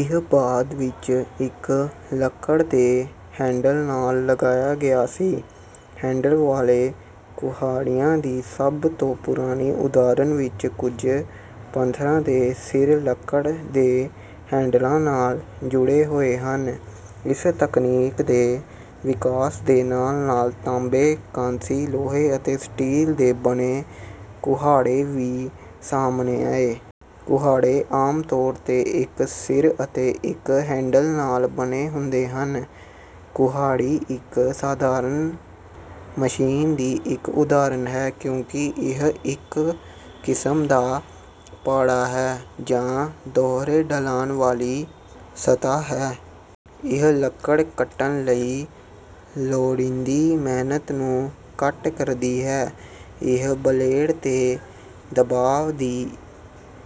ਇਹ ਬਾਅਦ ਵਿੱਚ ਇੱਕ ਲੱਕੜ ਦੇ ਹੈਂਡਲ ਨਾਲ ਲਗਾਇਆ ਗਿਆ ਸੀ। ਹੈਂਡਲ ਵਾਲੇ ਕੁਹਾੜਿਆਂ ਦੀ ਸਭ ਤੋਂ ਪੁਰਾਣੀ ਉਦਾਹਰਣ ਵਿੱਚ ਕੁਝ ਪੱਥਰਾਂ ਦੇ ਸਿਰ ਲੱਕੜ ਦੇ ਹੈਂਡਲਾਂ ਨਾਲ ਜੁੜੇ ਹੋਏ ਹਨ। ਇਸ ਤਕਨੀਕ ਦੇ ਵਿਕਾਸ ਦੇ ਨਾਲ-ਨਾਲ ਤਾਂਬੇ, ਕਾਂਸੀ, ਲੋਹੇ ਅਤੇ ਸਟੀਲ ਦੇ ਬਣੇ ਕੁਹਾੜੇ ਵੀ ਸਾਹਮਣੇ ਆਏ। ਕੁਹਾੜੇ ਆਮ ਤੌਰ 'ਤੇ ਇੱਕ ਸਿਰ ਅਤੇ ਇੱਕ ਹੈਂਡਲ ਨਾਲ ਬਣੇ ਹੁੰਦੇ ਹਨ। ਕੁਹਾੜੀ ਇੱਕ ਸਾਧਾਰਨ ਮਸ਼ੀਨ ਦੀ ਇੱਕ ਉਦਾਹਰਣ ਹੈ, ਕਿਉਂਕਿ ਇਹ ਇੱਕ ਕਿਸਮ ਦਾ ਪਾੜਾ ਹੈ, ਜਾਂ ਦੋਹਰੇ ਢਲਾਣ ਵਾਲੀ ਸਤ੍ਹਾ ਹੈ। ਇਹ ਲੱਕੜ ਕੱਟਣ ਲਈ ਲੋੜੀਂਦੀ ਮਿਹਨਤ ਨੂੰ ਘੱਟ ਕਰਦੀ ਹੈ। ਇਹ ਬਲੇਡ 'ਤੇ ਦਬਾਅ ਦੀ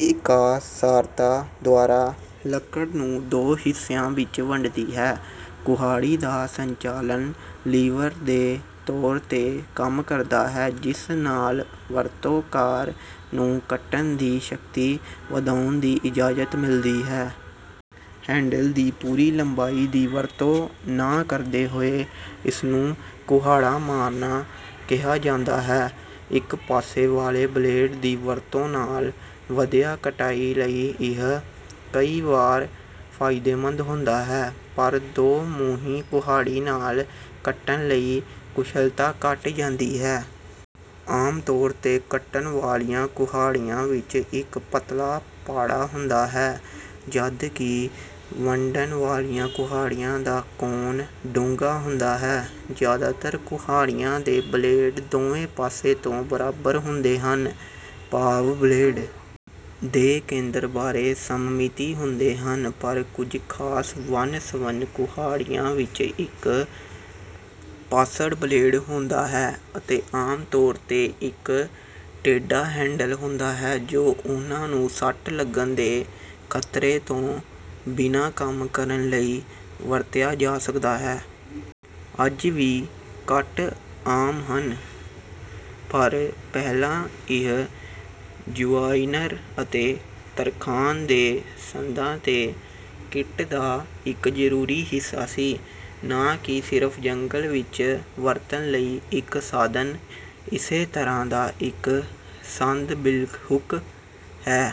ਇਕਾਸਾਰਤਾ ਦੁਆਰਾ ਲੱਕੜ ਨੂੰ ਦੋ ਹਿੱਸਿਆਂ ਵਿੱਚ ਵੰਡਦੀ ਹੈ। ਕੁਹਾੜੀ ਦਾ ਸੰਚਾਲਨ ਲੀਵਰ ਦੇ ਤੌਰ 'ਤੇ ਕੰਮ ਕਰਦਾ ਹੈ, ਜਿਸ ਨਾਲ ਵਰਤੋਂਕਾਰ ਨੂੰ ਕੱਟਣ ਦੀ ਸ਼ਕਤੀ ਵਧਾਉਣ ਦੀ ਇਜਾਜ਼ਤ ਮਿਲਦੀ ਹੈ। ਹੈਂਡਲ ਦੀ ਪੂਰੀ ਲੰਬਾਈ ਦੀ ਵਰਤੋਂ ਨਾ ਕਰਦੇ ਹੋਏ ਇਸਨੂੰ ਕੁਹਾੜਾ ਮਾਰਨਾ ਕਿਹਾ ਜਾਂਦਾ ਹੈ। ਇੱਕ ਪਾਸੇ ਵਾਲੇ ਬਲੇਡ ਦੀ ਵਰਤੋਂ ਨਾਲ ਵਧੀਆ ਕਟਾਈ ਲਈ ਇਹ ਕਈ ਵਾਰ ਫਾਇਦੇਮੰਦ ਹੁੰਦਾ ਹੈ, ਪਰ ਦੋ-ਮੂੰਹੀ ਕੁਹਾੜੀ ਨਾਲ ਕੱਟਣ ਲਈ ਕੁਸ਼ਲਤਾ ਘਟ ਜਾਂਦੀ ਹੈ। ਆਮ ਤੌਰ 'ਤੇ, ਕੱਟਣ ਵਾਲੀਆਂ ਕੁਹਾੜੀਆਂ ਵਿੱਚ ਇੱਕ ਪਤਲਾ ਪਾੜਾ ਹੁੰਦਾ ਹੈ, ਜਦਕਿ ਵੰਡਣ ਵਾਲੀਆਂ ਕੁਹਾੜੀਆਂ ਦਾ ਕੋਣ ਡੂੰਘਾ ਹੁੰਦਾ ਹੈ। ਜ਼ਿਆਦਾਤਰ ਕੁਹਾੜੀਆਂ ਦੇ ਬਲੇਡ ਦੋਵੇਂ ਪਾਸੇ ਤੋਂ ਬਰਾਬਰ ਹੁੰਦੇ ਹਨ, ਭਾਵ ਬਲੇਡ ਦੇ ਕੇਂਦਰ ਬਾਰੇ ਸਮਮਿਤੀ ਹੁੰਦੇ ਹਨ, ਪਰ ਕੁਝ ਖਾਸ ਵੰਨ-ਸਵੰਨ ਕੁਹਾੜੀਆਂ ਵਿੱਚ ਇੱਕ-ਪਾਸੜ ਬਲੇਡ ਹੁੰਦਾ ਹੈ, ਅਤੇ ਆਮ ਤੌਰ 'ਤੇ ਇੱਕ ਟੇਢਾ ਹੈਂਡਲ ਹੁੰਦਾ ਹੈ ਜੋ ਉਹਨਾਂ ਨੂੰ ਸੱਟ ਲੱਗਣ ਦੇ ਖਤਰੇ ਤੋਂ ਬਿਨਾਂ ਕੰਮ ਕਰਨ ਲਈ ਵਰਤਿਆ ਜਾ ਸਕਦਾ ਹੈ। ਅੱਜ ਵੀ ਘੱਟ ਆਮ ਹਨ, ਪਰ ਪਹਿਲਾਂ ਇਹ ਜੁਆਇਨਰ ਅਤੇ ਤਰਖਾਣ ਦੇ ਸੰਦਾਂ ਦੇ ਕਿੱਟ ਦਾ ਇੱਕ ਜ਼ਰੂਰੀ ਹਿੱਸਾ ਸੀ, ਨਾ ਕਿ ਸਿਰਫ ਜੰਗਲ ਵਿੱਚ ਵਰਤਣ ਲਈ ਇੱਕ ਸਾਧਨ। ਇਸੇ ਤਰ੍ਹਾਂ ਦਾ ਇੱਕ ਸੰਦ ਬਿਲਹੁੱਕ ਹੈ।